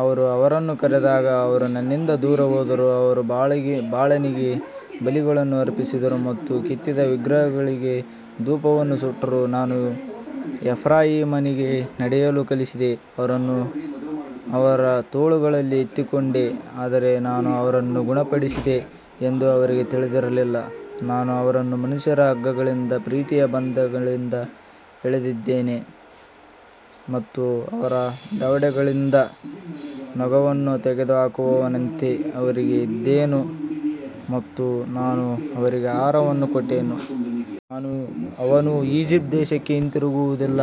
ಅವರು ಅವರನ್ನು ಕರೆದಾಗ ಅವರು ನನ್ನಿಂದ ದೂರ ಹೋದರು, ಅವರು ಬಾಳನಿಗೆ ಬಲಿಗಳನ್ನು ಅರ್ಪಿಸಿದರು ಮತ್ತು ಕೆತ್ತಿದ ವಿಗ್ರಹಗಳಿಗೆ ಧೂಪವನ್ನು ಸುಟ್ಟರು. ನಾನು ಎಫ್ರಾಯೀಮನಿಗೆ ನಡೆಯಲು ಕಲಿಸಿದೆ, ಅವರನ್ನು ಅವರ ತೋಳುಗಳಲ್ಲಿ ಎತ್ತಿಕೊಂಡೆ, ಆದರೆ ನಾನು ಅವರನ್ನು ಗುಣಪಡಿಸಿದೆ ಎಂದು ಅವರಿಗೆ ತಿಳಿದಿರಲಿಲ್ಲ. ನಾನು ಅವರನ್ನು ಮನುಷ್ಯರ ಹಗ್ಗಗಳಿಂದ, ಪ್ರೀತಿಯ ಬಂಧಗಳಿಂದ ಎಳೆದಿದ್ದೇನೆ, ಮತ್ತು ಅವರ ದವಡೆಗಳಿಂದ ನೊಗವನ್ನು ತೆಗೆದುಹಾಕುವವನಂತೆ ಅವರಿಗೆ ಇದ್ದೆನು, ಮತ್ತು ನಾನು ಅವರಿಗೆ ಆಹಾರವನ್ನು ಕೊಟ್ಟೆನು. ಅವನು ಈಜಿಪ್ಟ್ ದೇಶಕ್ಕೆ ಹಿಂತಿರುಗುವುದಿಲ್ಲ,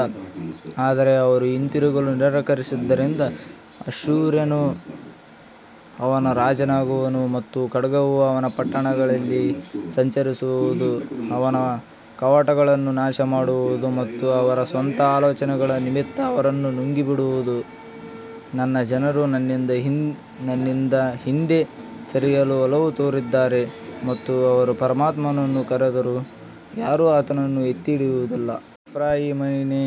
ಆದರೆ ಅವರು ಹಿಂತಿರುಗಲು ನಿರಾಕರಿಸಿದ್ದರಿಂದ ಅಶ್ಶೂರ್ಯನು ಅವನ ರಾಜನಾಗುವನು, ಮತ್ತು ಖಡ್ಗವು ಅವನ ಪಟ್ಟಣಗಳಲ್ಲಿ ಸಂಚರಿಸುವುದು, ಅವನ ಕವಾಟಗಳನ್ನು ನಾಶಮಾಡುವುದು ಮತ್ತು ಅವರ ಸ್ವಂತ ಆಲೋಚನೆಗಳ ನಿಮಿತ್ತ ಅವರನ್ನು ನುಂಗಿಬಿಡುವುದು. ನನ್ನ ಜನರು ನನ್ನಿಂದ ಹಿಂದೆ ಸರಿಯಲು ಒಲವು ತೋರಿದ್ದಾರೆ, ಮತ್ತು ಅವರು ಪರಮಾತ್ಮನನ್ನು ಕರೆದರೂ ಯಾರೂ ಆತನನ್ನು ಎತ್ತಿಹಿಡಿಯುವುದಿಲ್ಲ. ಎಫ್ರಾಯೀಮನೇ,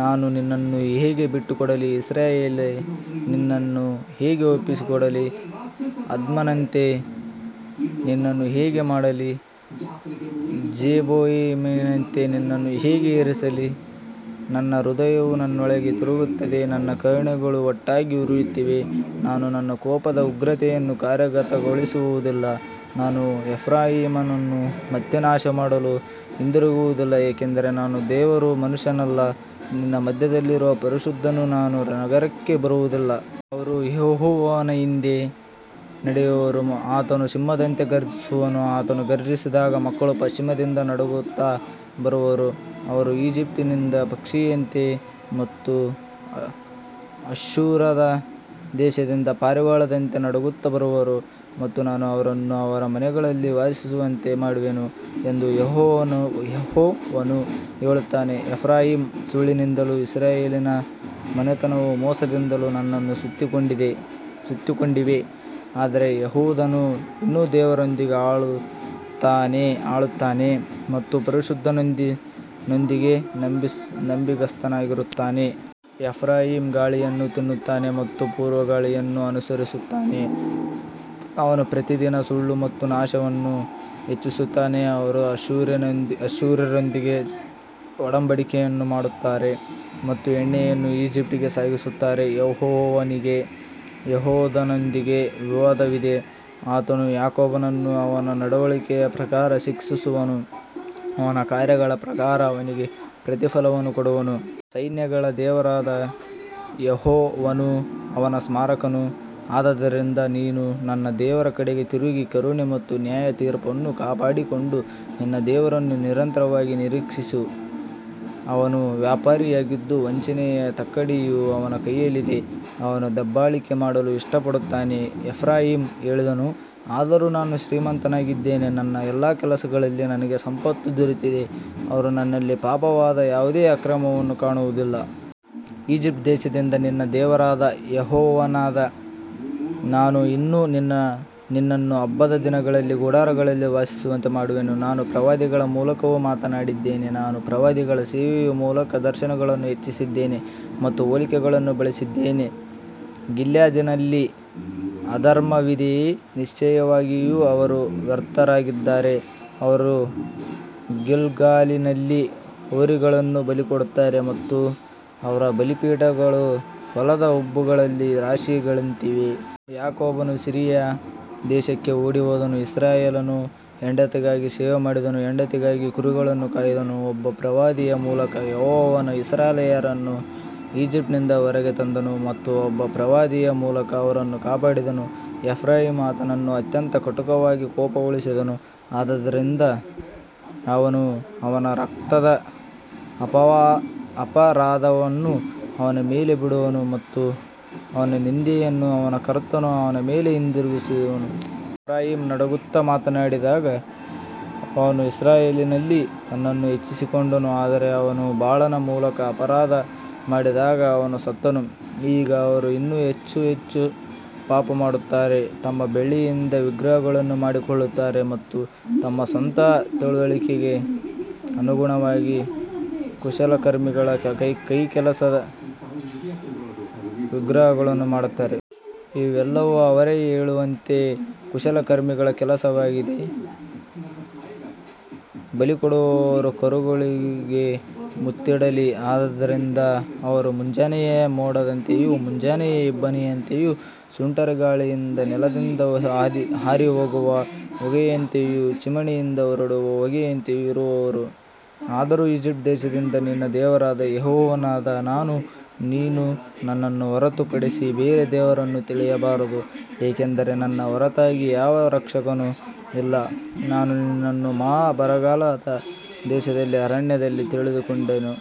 ನಾನು ನಿನ್ನನ್ನು ಹೇಗೆ ಬಿಟ್ಟುಕೊಡಲಿ, ಇಸ್ರಾಯೇಲೇ, ನಿನ್ನನ್ನು ಹೇಗೆ ಒಪ್ಪಿಸಿಕೊಡಲಿ, ಅದ್ಮನಂತೆ ನಿನ್ನನ್ನು ಹೇಗೆ ಮಾಡಲಿ, ಜೆಬೋಯಿಮಿನಂತೆ ನಿನ್ನನ್ನು ಹೇಗೆ ಇರಿಸಲಿ. ನನ್ನ ಹೃದಯವು ನನ್ನೊಳಗೆ ತಿರುಗುತ್ತದೆ, ನನ್ನ ಕರುಣೆಗಳು ಒಟ್ಟಾಗಿ ಉರಿಯುತ್ತಿವೆ. ನಾನು ನನ್ನ ಕೋಪದ ಉಗ್ರತೆಯನ್ನು ಕಾರ್ಯಗತಗೊಳಿಸುವುದಿಲ್ಲ, ನಾನು ಎಫ್ರಾಯೀಮನನ್ನು ಮತ್ತೆ ನಾಶಮಾಡಲು ಹಿಂದಿರುಗುವುದಿಲ್ಲ, ಏಕೆಂದರೆ ನಾನು ದೇವರು, ಮನುಷ್ಯನಲ್ಲ, ನಿನ್ನ ಮಧ್ಯದಲ್ಲಿರುವ ಪರಿಶುದ್ಧನು, ನಾನು ನಗರಕ್ಕೆ ಬರುವುದಿಲ್ಲ. ಅವರು ಯೆಹೋವನ ಹಿಂದೆ ನಡೆಯುವರು, ಆತನು ಸಿಂಹದಂತೆ ಘರ್ಜಿಸುವನು, ಆತನು ಘರ್ಜಿಸಿದಾಗ ಮಕ್ಕಳು ಪಶ್ಚಿಮದಿಂದ ನಡುಗುತ್ತಾ ಬರುವರು. ಅವರು ಈಜಿಪ್ಟಿನಿಂದ ಪಕ್ಷಿಯಂತೆ ಮತ್ತು ಅಶ್ಶೂರದ ದೇಶದಿಂದ ಪಾರಿವಾಳದಂತೆ ನಡುಗುತ್ತಾ ಬರುವರು, ಮತ್ತು ನಾನು ಅವರನ್ನು ಅವರ ಮನೆಗಳಲ್ಲಿ ವಾಸಿಸುವಂತೆ ಮಾಡುವೆನು ಎಂದು ಯೆಹೋವನು ಹೇಳುತ್ತಾನೆ. ಎಫ್ರಾಯೀಮ್ ಸುಳ್ಳಿನಿಂದಲೂ ಇಸ್ರಾಯೇಲಿನ ಮನೆತನವು ಮೋಸದಿಂದಲೂ ನನ್ನನ್ನು ಸುತ್ತಿಕೊಂಡಿವೆ, ಆದರೆ ಯೆಹೂದನು ಇನ್ನೂ ದೇವರೊಂದಿಗೆ ಆಳುತ್ತಾನೆ ಮತ್ತು ಪರಿಶುದ್ಧನೊಂದಿಗೆ ನಂಬಿಗಸ್ತನಾಗಿರುತ್ತಾನೆ. ಎಫ್ರಾಯೀಮ್ ಗಾಳಿಯನ್ನು ತಿನ್ನುತ್ತಾನೆ ಮತ್ತು ಪೂರ್ವಗಾಳಿಯನ್ನು ಅನುಸರಿಸುತ್ತಾನೆ, ಅವನು ಪ್ರತಿದಿನ ಸುಳ್ಳು ಮತ್ತು ನಾಶವನ್ನು ಹೆಚ್ಚಿಸುತ್ತಾನೆ, ಅವರು ಅಶ್ಶೂರ್ಯರೊಂದಿಗೆ ಒಡಂಬಡಿಕೆಯನ್ನು ಮಾಡುತ್ತಾರೆ ಮತ್ತು ಎಣ್ಣೆಯನ್ನು ಈಜಿಪ್ಟಿಗೆ ಸಾಗಿಸುತ್ತಾರೆ. ಯೆಹೋವನಿಗೆ ಯೆಹೂದನೊಂದಿಗೆ ವಿವಾದವಿದೆ, ಆತನು ಯಾಕೋಬನನ್ನು ಅವನ ನಡವಳಿಕೆಯ ಪ್ರಕಾರ ಶಿಕ್ಷಿಸುವನು, ಅವನ ಕಾರ್ಯಗಳ ಪ್ರಕಾರ ಅವನಿಗೆ ಪ್ರತಿಫಲವನ್ನು ಕೊಡುವನು. ಸೈನ್ಯಗಳ ದೇವರಾದ ಯೆಹೋವನು ಅವನ ಸ್ಮಾರಕನು. ಆದದರಿಂದ ನೀನು ನಿನ್ನ ದೇವರ ಕಡೆಗೆ ತಿರುಗಿ, ಕರುಣೆ ಮತ್ತು ನ್ಯಾಯತೀರ್ಪನ್ನು ಕಾಪಾಡಿಕೊಂಡು, ನಿನ್ನ ದೇವರನ್ನು ನಿರಂತರವಾಗಿ ನಿರೀಕ್ಷಿಸು. ಅವನು ವ್ಯಾಪಾರಿಯಾಗಿದ್ದು, ವಂಚನೆಯ ತಕ್ಕಡಿಯು ಅವನ ಕೈಯಲ್ಲಿದೆ, ಅವನು ದಬ್ಬಾಳಿಕೆ ಮಾಡಲು ಇಷ್ಟಪಡುತ್ತಾನೆ. ಎಫ್ರಾಯೀಮ್ ಹೇಳಿದನು, ಆದರೂ ನಾನು ಶ್ರೀಮಂತನಾಗಿದ್ದೇನೆ, ನನ್ನ ಎಲ್ಲಾ ಕೆಲಸಗಳಲ್ಲಿ ನನಗೆ ಸಂಪತ್ತು ದೊರೆತಿದೆ, ಅವರು ನನ್ನಲ್ಲಿ ಪಾಪವಾದ ಯಾವುದೇ ಅಕ್ರಮವನ್ನು ಕಾಣುವುದಿಲ್ಲ. ಈಜಿಪ್ಟ್ ದೇಶದಿಂದ ನಿನ್ನ ದೇವರಾದ ಯೆಹೋವನಾದ ನಾನು ಇನ್ನೂ ನಿನ್ನನ್ನು ಹಬ್ಬದ ದಿನಗಳಲ್ಲಿ ಗುಡಾರಗಳಲ್ಲಿ ವಾಸಿಸುವಂತೆ ಮಾಡುವೆನು. ನಾನು ಪ್ರವಾದಿಗಳ ಮೂಲಕವೂ ಮಾತನಾಡಿದ್ದೇನೆ, ನಾನು ಪ್ರವಾದಿಗಳ ಸೇವೆಯ ಮೂಲಕ ದರ್ಶನಗಳನ್ನು ಹೆಚ್ಚಿಸಿದ್ದೇನೆ ಮತ್ತು ಹೋಲಿಕೆಗಳನ್ನು ಬಳಸಿದ್ದೇನೆ. ಗಿಲ್ಯಾದಿನಲ್ಲಿ ಅಧರ್ಮವಿದೆಯೇ, ನಿಶ್ಚಯವಾಗಿಯೂ ಅವರು ವ್ಯರ್ಥರಾಗಿದ್ದಾರೆ. ಅವರು ಗಿಲ್ಗಾಲಿನಲ್ಲಿ ಹೋರಿಗಳನ್ನು ಬಲಿಕೊಡುತ್ತಾರೆ, ಮತ್ತು ಅವರ ಬಲಿಪೀಠಗಳು ಹೊಲದ ಉಬ್ಬುಗಳಲ್ಲಿ ರಾಶಿಗಳಂತಿವೆ. ಯಾಕೋಬನು ಸಿರಿಯಾ ದೇಶಕ್ಕೆ ಓಡಿಹೋದನು, ಇಸ್ರಾಯೇಲನು ಹೆಂಡತಿಗಾಗಿ ಸೇವೆಮಾಡಿದನು, ಹೆಂಡತಿಗಾಗಿ ಕುರಿಗಳನ್ನು ಕಾಯ್ದನು. ಒಬ್ಬ ಪ್ರವಾದಿಯ ಮೂಲಕ ಯೆಹೋವನು ಇಸ್ರಾಯೇಲರನ್ನು ಈಜಿಪ್ಟಿನಿಂದ ಹೊರಗೆ ತಂದನು, ಮತ್ತು ಒಬ್ಬ ಪ್ರವಾದಿಯ ಮೂಲಕ ಅವರನ್ನು ಕಾಪಾಡಿದನು. ಎಫ್ರಾಯೀಮ್ ಆತನನ್ನು ಅತ್ಯಂತ ಕಟುವಾಗಿ ಕೋಪಗೊಳಿಸಿದನು, ಆದದರಿಂದ ಅವನು ಅವನ ರಕ್ತದ ಅಪರಾಧವನ್ನು ಅವನ ಮೇಲೆ ಬಿಡುವನು ಮತ್ತು ಅವನ ನಿಂದೆಯನ್ನು ಅವನ ಕರ್ತನು ಅವನ ಮೇಲೆ ಹಿಂದಿರುಗಿಸುವನು. ಎಫ್ರಾಯೀಮ್ ನಡುಗುತ್ತಾ ಮಾತನಾಡಿದಾಗ ಅವನು ಇಸ್ರಾಯೇಲಿನಲ್ಲಿ ತನ್ನನ್ನು ಹೆಚ್ಚಿಸಿಕೊಂಡನು, ಆದರೆ ಅವನು ಬಾಳನ ಮೂಲಕ ಅಪರಾಧ ಮಾಡಿದಾಗ ಅವನು ಸತ್ತನು. ಈಗ ಅವರು ಇನ್ನೂ ಹೆಚ್ಚು ಹೆಚ್ಚು ಪಾಪಮಾಡುತ್ತಾರೆ, ತಮ್ಮ ಬೆಳ್ಳಿಯಿಂದ ವಿಗ್ರಹಗಳನ್ನು ಮಾಡಿಕೊಳ್ಳುತ್ತಾರೆ ಮತ್ತು ತಮ್ಮ ಸ್ವಂತ ತಿಳುವಳಿಕೆಗೆ ಅನುಗುಣವಾಗಿ ಕುಶಲಕರ್ಮಿಗಳ ಕೈಕೆಲಸದ ವಿಗ್ರಹಗಳನ್ನು ಮಾಡುತ್ತಾರೆ. ಇವೆಲ್ಲವೂ ಅವರೇ ಹೇಳುವಂತೆ ಕುಶಲಕರ್ಮಿಗಳ ಕೆಲಸವಾಗಿದೆ. ಬಲಿಕೊಡುವವರು ಕರುಗಳಿಗೆ ಮುತ್ತಿಡಲಿ. ಆದದರಿಂದ ಅವರು ಮುಂಜಾನೆಯ ಮೋಡದಂತೆಯೂ, ಮುಂಜಾನೆಯ ಇಬ್ಬನಿಯಂತೆಯೂ, ಸುಂಟರಗಾಳಿಯಿಂದ ನೆಲದಿಂದ ಹಾರಿಹೋಗುವ ಹೊಗೆಯಂತೆಯೂ, ಚಿಮಣಿಯಿಂದ ಹೊರಡುವ ಹೊಗೆಯಂತೆಯೂ ಇರುವರು. ಆದರೂ ಈಜಿಪ್ಟ್ ದೇಶದಿಂದ ನಿನ್ನ ದೇವರಾದ ಯೆಹೋವನಾದ ನಾನು, ನೀನು ನನ್ನನ್ನು ಹೊರತುಪಡಿಸಿ ಬೇರೆ ದೇವರನ್ನು ತಿಳಿಯಬಾರದು, ಏಕೆಂದರೆ ನನ್ನ ಹೊರತಾಗಿ ಯಾವ ರಕ್ಷಕನೂ ಇಲ್ಲ. ನಾನು ನಿನ್ನನ್ನು ಮಹಾ ಬರಗಾಲದ ದೇಶದಲ್ಲಿ, ಅರಣ್ಯದಲ್ಲಿ ತಿಳಿದುಕೊಂಡೆನು.